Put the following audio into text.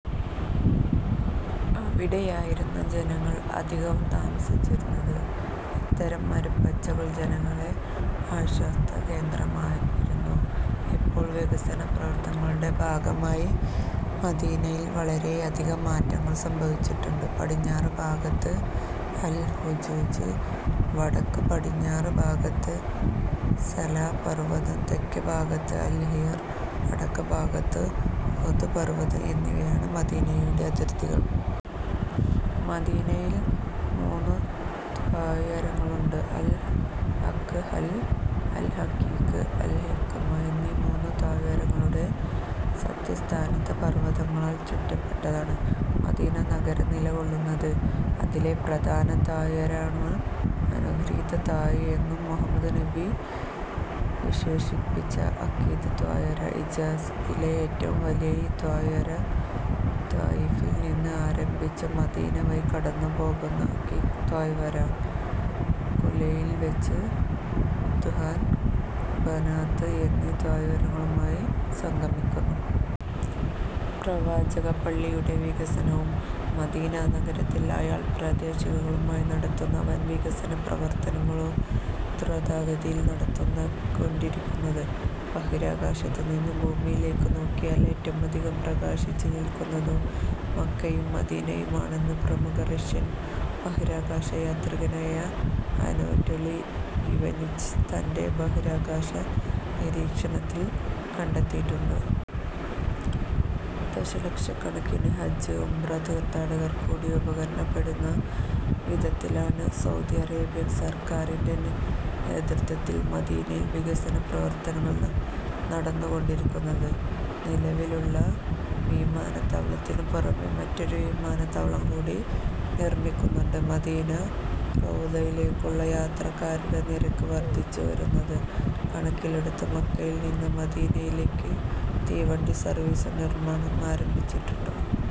അവിടെയായിരുന്നു ജനങ്ങൾ അധികവും താമസിച്ചിരുന്നത്. ഇത്തരം മരുപ്പച്ചകൾ ജനങ്ങളുടെ ആശ്വാസകേന്ദ്രമായിരുന്നു. ഇപ്പോൾ വികസന പ്രവർത്തനങ്ങളുടെ ഭാഗമായി മദീനയിൽ വളരെയധികം മാറ്റങ്ങൾ സംഭവിച്ചിട്ടുണ്ട്. പടിഞ്ഞാറ് ഭാഗത്ത് അൽ-ഹുജൂജ്, വടക്കു പടിഞ്ഞാറ് ഭാഗത്ത് സലാ പർവതം, തെക്ക് ഭാഗത്ത് അൽ-ഈർ, വടക്ക് ഭാഗത്ത് ഉഹ്ദ് പർവതം എന്നിവയാണ് മദീനയുടെ അതിർത്തികൾ. മദീനയിൽ മൂന്ന് താഴ്വരകളുണ്ട്. അൽ-അഖ്അൽ, അൽ-അഖീഖ്, അൽ-ഹിമ്ദ് എന്നീ മൂന്നു താഴ്വരകളുടെ സന്ധിസ്ഥാനത്ത് പർവതങ്ങളാൽ ചുറ്റപ്പെട്ടാണ് മദീന നഗരം നിലകൊള്ളുന്നത്. അതിലെ പ്രധാന താഴ്വരയാണ് അനുഗൃഹീത താഴ്വരയെന്നു മുഹമ്മദ് നബി വിശേഷിപ്പിച്ച അഖീഖ് താഴ്വര. ഹിജാസിലെ ഏറ്റവും വലിയ ഈ താഴ്വര താഇഫിൽ നിന്നും ആരംഭിച്ചു മദീന വഴി കടന്നു പോകുന്ന അഖീഖ് താഴ്വര ഖുലൈലിൽ വച്ച് ഭുത്ഹാൻ, ബനാത് എന്നീ താഴ്വരകളുമായി സംഗമിക്കുന്നു. പ്രവാചക പള്ളിയുടെ വികസനവും മദീന നഗരത്തിലും അയൽ പ്രദേശങ്ങളിലുമായി നടത്തുന്ന വൻ വികസന പ്രവർത്തനങ്ങളും ധ്രുതഗതിയിലാണ് നടന്നു കൊണ്ടിരിക്കുന്നത്. ബഹിരാകാശത്ത് നിന്ന് ഭൂമിയിലേക്ക് നോക്കിയാൽ ഏറ്റവുമധികം പ്രകാശിച്ചു നിൽക്കുന്നത് മക്കയും മദീനയുമാണെന്ന് പ്രമുഖ റഷ്യൻ ബഹിരാകാശ യാത്രികനായ അനാറ്റോളി ഇവാനിച്ച് തന്റെ ബഹിരാകാശ നിരീക്ഷണത്തിൽ കണ്ടെത്തിയിട്ടുണ്ട്. ദശലക്ഷക്കണക്കിന് ഹജ്ജ്, ഉംറ തീർത്ഥാടകർക്ക് കൂടി ഉപകാരപ്പെടുന്ന വിധത്തിലാണ് സൗദി അറേബ്യൻ സർക്കാരിന്റെ നേതൃത്വത്തിൽ മദീനയിൽ വികസന പ്രവർത്തനങ്ങൾ നടന്നു കൊണ്ടിരിക്കുന്നത്. നിലവിലുള്ള വിമാനത്താവളത്തിന് പുറമേ മറ്റൊരു വിമാനത്താവളം കൂടി നിർമ്മിക്കുന്നുണ്ട്. മദീനാ റൌളയിലേക്കുള്ള യാത്രക്കാരുടെ തിരക്ക് വർധിച്ചു വരുന്നത് കണക്കിലെടുത്ത് മക്കയിൽ നിന്നും മദീനയിലേക്ക് തീവണ്ടി സർവ്വീസും നിർമ്മാണം ആരംഭിച്ചിട്ടുണ്ട്.